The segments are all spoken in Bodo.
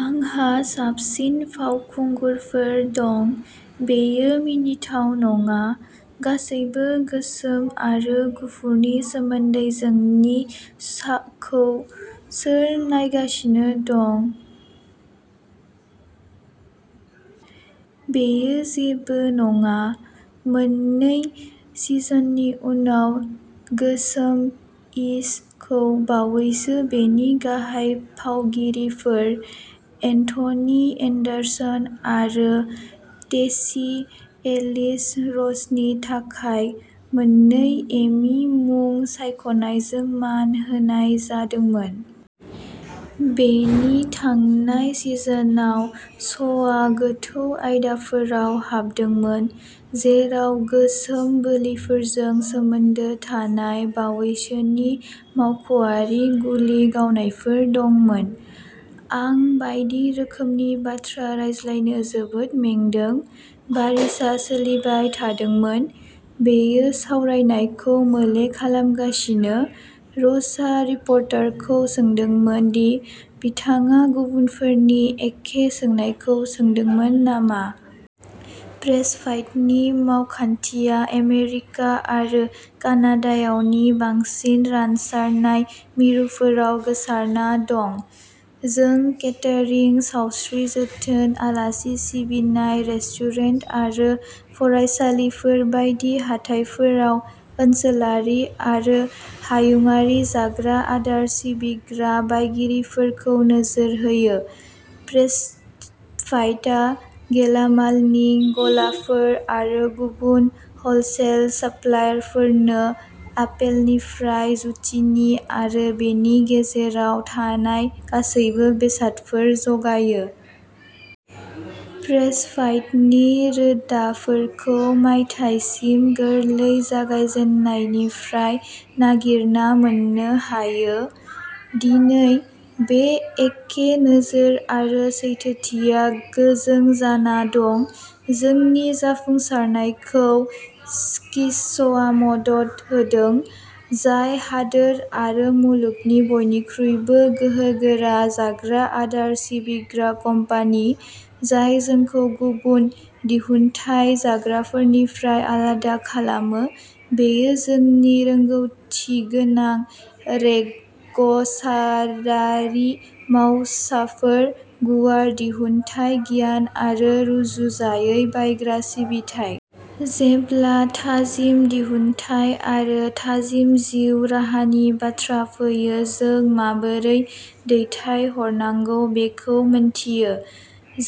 आंहा साबसिन फावखुंगुरफोर दं। बेयो मिनिथाव नङा। गासैबो गोसोम आरो गुफुरनि सोमोन्दैजोंनि श'खौ सोर नायगासिनो दं, बेयो जेबो नङा। " मोननै सिजननि उनाव, "गोसोम-इश" खौ बावैसो बेनि गाहाय फावगिरिफोर, एन्थनी एन्डारसन आरो ट्रेसी एलिस रसनि थाखाय मोन्नै एमी मुं सायख'नायजों मान होनाय जादोंमोन। बेनि थांनाय सिजनआव, श'आ गोथौ आयदाफोराव हाबदोंमोन, जेराव गोसोम बोलिफोरजों सोमोन्दो थानाय बावैसोनि मावख'आरि गुलि गावनायफोर दंमोन। "आं बायदि रोखोमनि बाथ्रा रायज्लायनो जोबोद मेंदों", बारिसआ सोलिबाय थादोंमोन। "बेयो सावरायनायखौ मोले खालामगासिनो। " र'सआ रिपर्टारखौ सोंदोंमोन दि बिथाङा गुबुनफोरनि एखे सोंनायखौ सोंदोंमोन नामा। फ्रेशप्वाइन्टनि मावखान्थिया आमेरिका आरो कानाडायाव नि बांसिन रानसारनाय मिरुफोराव गोसारना दं। जों केटारिं, सावस्रि जोथोन, आलासि सिबिनाय, रेस्टुरेन्ट आरो फरायसालिफोर बायदि हाथाइफोराव ओनसोलारि आरो हायुंआरि जाग्रा आदार सिबिग्रा बायगिरिफोरखौ नोजोर होयो। फ्रेशप्वाइन्टआ गेलामालनि गलाफोर आरो गुबुन हलसेल साप्लायरफोरनो आपेलनिफ्राय जुचिनी आरो बेनि गेजेराव थानाय गासैबो बेसादफोर जगायो। फ्रेशप्वाइन्टनि रोदाफोरखौ मायथाइसिम गोरलै जागायजेन्नायनिफ्राय नागिरना मोननो हायो। दिनै, बे एखे नोजोर आरो सैथोथिया गोजों जाना दं। जोंनि जाफुंसारनायखौ सिस्क'आ मदद होदों, जाय हादोर आरो मुलुगनि बयनिख्रुइबो गोहोगोरा जाग्रा आदार सिबिग्रा कम्पानि। जाय जोंखौ गुबुन दिहुनथाय जगायग्राफोरनिफ्राय आलादा खालामो, बेयो जोंनि रोंग'थिगोनां रोंग'सारारि मावसाफोर, गुवार दिहुनथाय गियान, आरो रुजुजायै बायग्रा सिबिथाइ। जेब्ला थाजिम दिहुनथाय आरो थाजिम जिउ राहानि बाथ्रा फैयो, जों माबोरै दैथायहरनांगौ बेखौ मिन्थियो।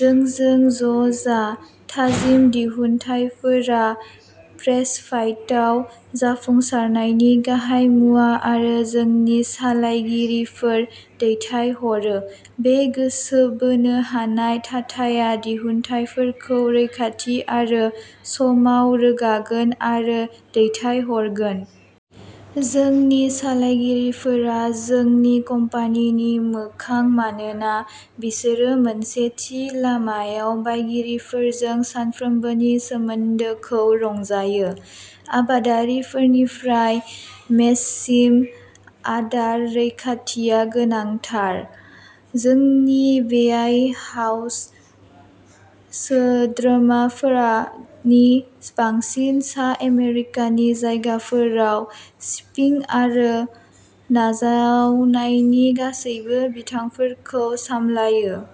जोंजों ज'जा। थाजिम दिहुनथायफोरा फ्रेशप्वाइन्टआव जाफुंसारनायनि गाहाय मुवा आरो जोंनि सालायगिरिफोरा दैथायहरो। बे गोसो बोनो हानाय थाथाया दिहुनथायफोरखौ रैखाथि आरो समाव रोगागोन आरो दैथायहरगोन। जोंनि सालायगिरिफोरा जोंनि कम्पानिनि मोखां मानोना बिसोरो मोनसे थि लामायाव बायगिरिफोरजों सानफ्रोमबोनि सोमोन्दोखौ रंजायो। आबादारिनिफ्राय मेजसिम, आदार रैखाथिआ गोनांथार। जोंनि वेयारहाउस सोद्रोमाफोरा नि बांसिन सा आमेरिकानि जायगाफोराव शिपिं आरो नाजावनायनि गासैबो बिथिंफोरखौ सामलायो।